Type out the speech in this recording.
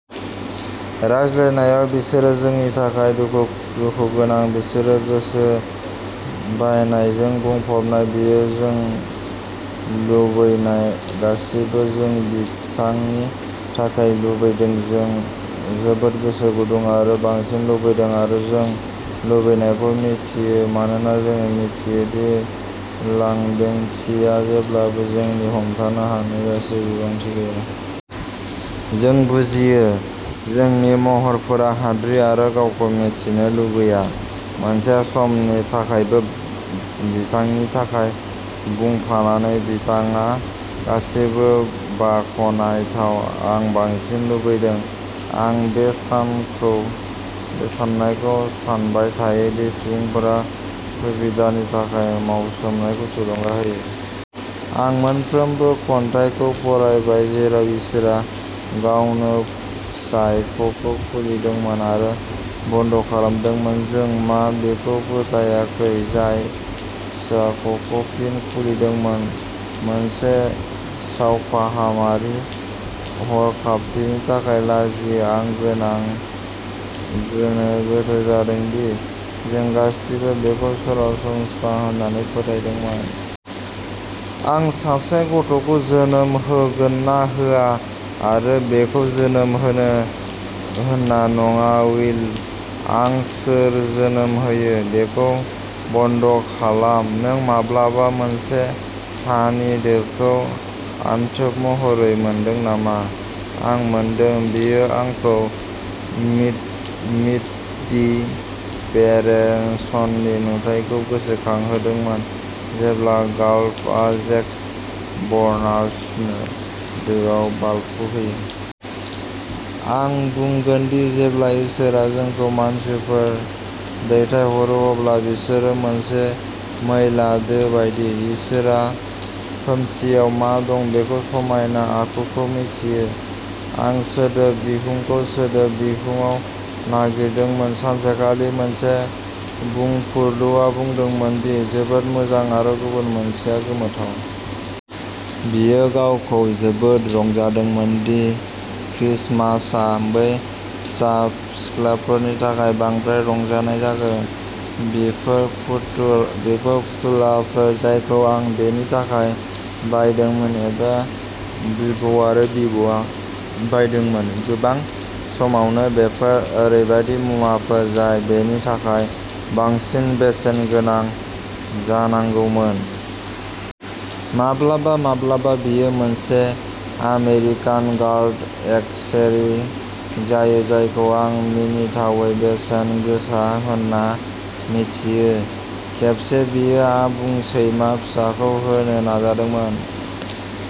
रायज्लायनाया बिसोरो जोंनि थाखाय दुखु दुखुगोनां बिसोरो गोसो बायनायजों बुंफबनाय बियो जों लुबैनाय गासैबो जों बिथांनि थाखाय लुबैदों। जों जोबोद गोसो गुदुं आरो बांसिन लुबैदों आरो जों लुबैनायखौ मिथियो मानोना जों मिथियो दि लांदांथिया जेब्लाबो जोंनि हमथानो हानाय गासैबो बिथांनि गैया। जों बुजियो जोंनि महरफोरा हाद्रि आरो गावखौ मिथिनो लुबैया मोनसे समनि थाखायबो बिथांनि थाखाय बुंफानानै। बिथाङा गासैबो बाख'नायथाव आं बांसिन लुबैदों। आं बे सानखौ साननायखौ सानबाय थायो दि सुबुंफोरा सुबिदानि थाखाय मावसोमनायखौ थुलुंगा होयो। आं मोनफ्रोमबो खन्थाइखौ फरायबाय जेराव इसोरआ गावनो फिसाख'खौ खुलिदोंमोन आरो बन्द' खालामदोंमोन। जों मा बिखौ फोथायाखै जाय फिसाख'खौ फिन खुलिदोंमोन मोनसे सावफाहामारि हरखाबथिनि थाखाय लाजियो आं गोनां गोनो गोथो जादों दि जों गासैबो बेखौ सरासनस्रा होन्नानै फोथायदोंमोन। आं सासे गथ'खौ जोनोम होगोन ना होआ आरो बेखौ जोनोम होनो होना नङा विल। आं सोर जोनोम होयो बेखौ बन्द' खालाम नों माब्लाबा मोनसे हानि दोखौ अनथोब महरै मोनदों नामा? आं मोनदों। बेयो आंखौ मीट मीट दि पेरेन्ट्सननि नुथायखौ गोसोखांहोदोंमोन जेब्ला गर्लडआ जेक बनार्स नो दोआव बाल्बखौ होयो। आं बुंगोनदि जेब्ला इसोरआ जोंखौ मानसिफोर दैथायहरो अब्ला बिसोरो मोनसे मैला दो बायदि। इसोरा खोमसिआव मा दं बेफोर समायना आखुखौ मिन्थियो। आं सोदोब बिहुंखौ सोदोब बिहुंआव नागिरदोंमोन। सानसेखालि। मोनसे बुंफुरलुआ बुंदोंमोन दि जोबोद मोजां आरो गुबुन मोनसेया गोमोथाव। बियो गावखौ जोबोद रंजादोंमोन दि क्रिसमासआ बै फिसा सिख्लाफोरनि थाखाय बांद्राय रंजानाय जागोन। बेफोर फुथु बेफोर फुथुलाफोर जायखौ आं बेनि थाखाय बायदोंमोन एबा बिबौ आरो बिबौआ बायदोंमोन। गोबां समावनो बेफोर ओरैबायदि मुवाफोर जाय बेनि थाखाय बांसिन बेसेन गोनां जानांगौमोन। माब्लाबा माब्लाबा बेयो मोनसे आमेरिकान गार्ल एक्सेरी जायो जायखौ आं मिनिथावै बेसेन गोसा होन्ना मिथियो। खेबसे बियो आबुं सैमा फिसाखौ होनो नाजादोंमोन।